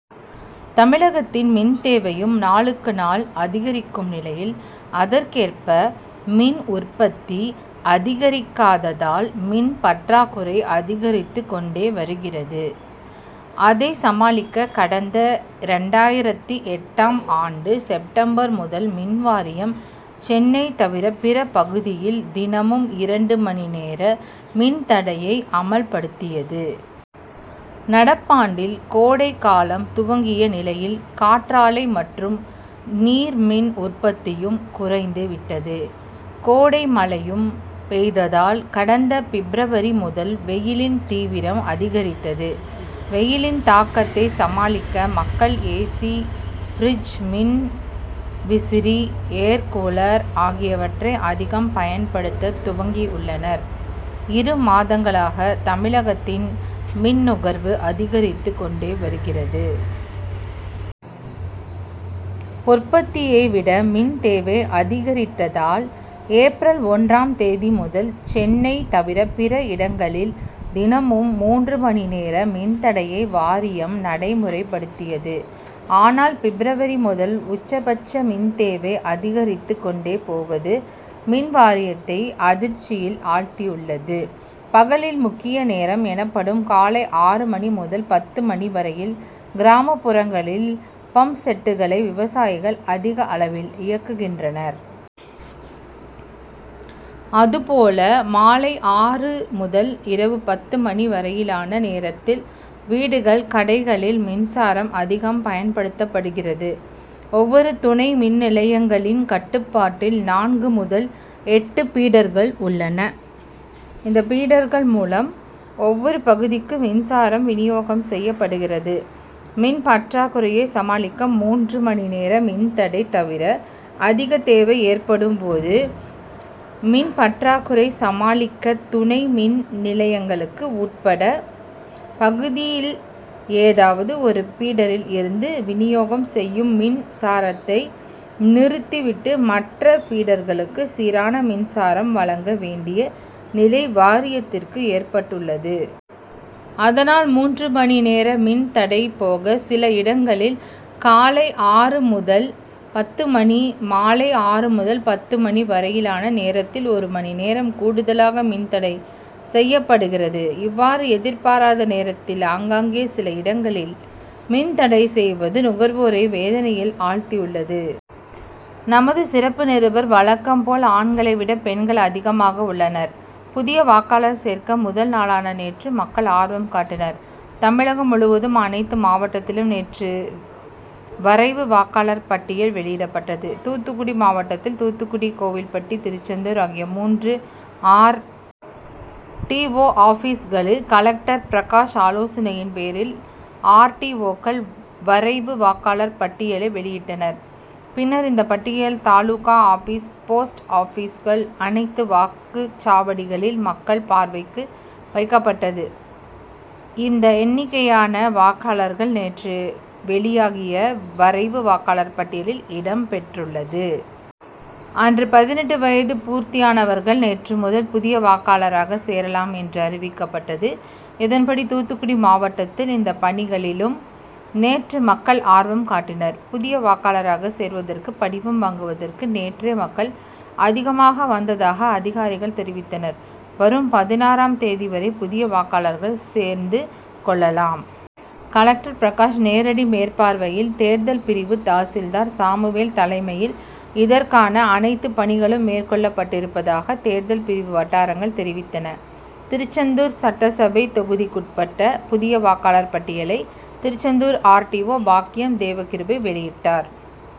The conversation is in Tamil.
தமிழகத்தின் மின்தேவையும் நாளுக்கு நாள் அதிகரிக்கும் நிலையில் அதற்கேற்ப மின் உற்பத்தி அதிகரிக்காததால் மின் பற்றாக்குறை அதிகரித்து கொண்டே வருகிறது. அதை சமாளிக்க கடந்த இரண்டாயிரத்து எட்டாம் ஆண்டு செப்டம்பர் முதல் மின்வாரியம் சென்னை தவிர பிற பகுதியில் தினமும் இரண்டு மணி நேர மின்தடையை அமல்படுத்தியது. நடப்பாண்டில் கோடைகாலம் துவங்கிய நிலையில் காற்றாலை மற்றும் நீர்மின் உற்பத்தியும் குறைந்து விட்டது. கோடைமழையும் பொய்த்ததால் கடந்த பிப்ரவரி முதல் வெயிலின் தீவிரம் அதிகரித்தது. வெயிலின் தாக்கத்தை சமாளிக்க மக்கள் ஏசி ப்ரிட்ஜ் மின் விசிறி ஏர்கூலர் ஆகியவற்றை அதிகம் பயன் படுத்த துவங்கியுள்ளனர். இரு மாதங்களாக தமிழகத்தின் மின்நுகர்வு அதிகரித்து கொண்டே வருகிறது. உற்பத்தியை விட மின் தேவை அதிகரித்ததால் ஏப்ரல் ஒன்றாம் தேதி முதல் சென்னை தவிர பிற இடங்களில் தினமும் மூன்று மணி நேர மின்தடையை வாரியம் நடைமுறைபடுத்தியது. ஆனால் பிப்ரவரி முதல் உச்சபட்ச மின்தேவை அதிகரித்து கொண்டே போவது மின்வாரியத்தை அதிர்ச்சியில் ஆழ்த்தியுள்ளது. பகலில் முக்கிய நேரம் எனப்படும் காலை ஆறு மணி முதல் பத்து மணி வரையில் கிராமப்புறங்களில் பம்ப்செட்களை விவசாயிகள் அதிக அளவில் இயக்குகின்றனர். அதுபோல மாலை ஆறு முதல் இரவு பத்து மணி வரையிலான நேரத்தில் வீடுகள் கடைகளில் மின்சாரம் அதிகம் பயன்படுத்தப்படுகிறது. ஒவ்வொரு துணை மின்நிலையங்களின் கட்டுப்பாட்டில் நான்கு முதல் எட்டு பீடர்கள் உள்ளன. இந்த பீடர்கள் மூலம் ஒவ்வொரு பகுதிக்கு மின்சாரம் வினியோகம் செய்யப்படுகிறது. மின் பற்றாக்குறையை சமாளிக்க மூன்று மணி நேர மின்தடை தவிர அதிக தேவை ஏற்படும் போது மின்பற்றாக்குறை சமாளிக்க துணை மின் நிலையங்களுக்கு உட்பட்ட பகுதியில் ஏதாவது ஒரு பீடரில் இருந்து வினியோகம் செய்யும் மின் சாரத்தை நிறுத்தி விட்டு மற்ற பீடர்களுக்கு சீரான மின்சாரம் வழங்க வேண்டிய நிலை வாரியத்திற்கு ஏற்பட்டுள்ளது. அதனால் மூன்று மணி நேர மின் தடை போக சில இடங்களில் காலை ஆறு முதல் பத்து மணி மாலை ஆறு முதல் பத்து மணி வரையிலான நேரத்தில் ஒரு மணி நேரம் கூடுதலாக மின்தடை செய்யப்படுகிறது. இவ்வாறு எதிர்பாராத நேரத்தில் ஆங்காங்கே சில இடங்களில் மின் தடை செய்வது நுகர்வோரை வேதனையில் ஆழ்த்தியுள்ளது. நமது சிறப்பு நிருபர் வழக்கம் போல் ஆண்களை விட பெண்கள் அதிகமாக உள்ளனர். புதிய வாக்காளர் சேர்க்க முதல் நாளான நேற்று மக்கள் ஆர்வம் காட்டினர். தமிழகம் முழுவதும் அனைத்து மாவட்டத்திலும் நேற்று வரைவு வாக்காளர் பட்டியல் வெளியிடப்பட்டது. தூத்துக்குடி மாவட்டத்தில் தூத்துக்குடி கோவில்பட்டி திருச்செந்தூர் ஆகிய மூன்று ஆர். டி. ஓ ஆபிஸ்களில் கலெக்டர் பிரகாஷ் ஆலோசனையின் பேரில் ஆர். டி. ஓக்கள் வரைவு வாக்காளர் பட்டியலை வெளியிட்டனர். பின்னர் இந்த பட்டியல் தாலுகா ஆபிஸ் போஸ்ட் ஆபிஸ்கள் அனைத்து வாக்குச்சாவடிகளில் மக்கள் பார்வைக்கு வைக்கப்பட்டது. இந்த எண்ணிக்கையான வாக்காளர்கள் நேற்று வெளியாகிய வரைவு வாக்காளர் பட்டியலில் இடம் பெற்றுள்ளது. அன்று பதினெட்டு வயது பூர்த்தியானவர்கள் நேற்று முதல் புதிய வாக்காளர்களாக சேரலாம் என்றும் அறிவிக்கப்பட்டது. இதன்படி தூத்துக்குடி மாவட்டத்தில் இந்த பணிகளிலும் நேற்று மக்கள் ஆர்வம் காட்டினர். புதிய வாக்காளராக சேர்வதற்கு படிவம் வாங்குவதற்கு நேற்றே மக்கள் அதிகமாக வந்ததாக அதிகாரிகள் தெரிவித்தனர். வரும் பதினாறாம் தேதி வரை புதிய வாக்காளர்கள் சேர்ந்து கொள்ளலாம். கலெக்டர் பிரகாஷ் நேரடி மேற்பார்வையில் தேர்தல் பிரிவு தா சில்தார் சாமுவேல் தலைமையில் இதற்கான அனைத்து பணிகளும் மேற்கொள்ளப்பட்டிருப்பதாக தேர்தல் பிரிவு வட்டாரங்கள் தெரிவித்தன. திருச்செந்தூர் சட்டசபை தொகுதிக்குட்பட்ட புதிய வாக்காளர் பட்டியலை திருச்செந்தூர் ஆர்டிஓ. பாக்கியம் தேவ கிருபை வெளியிட்டார்.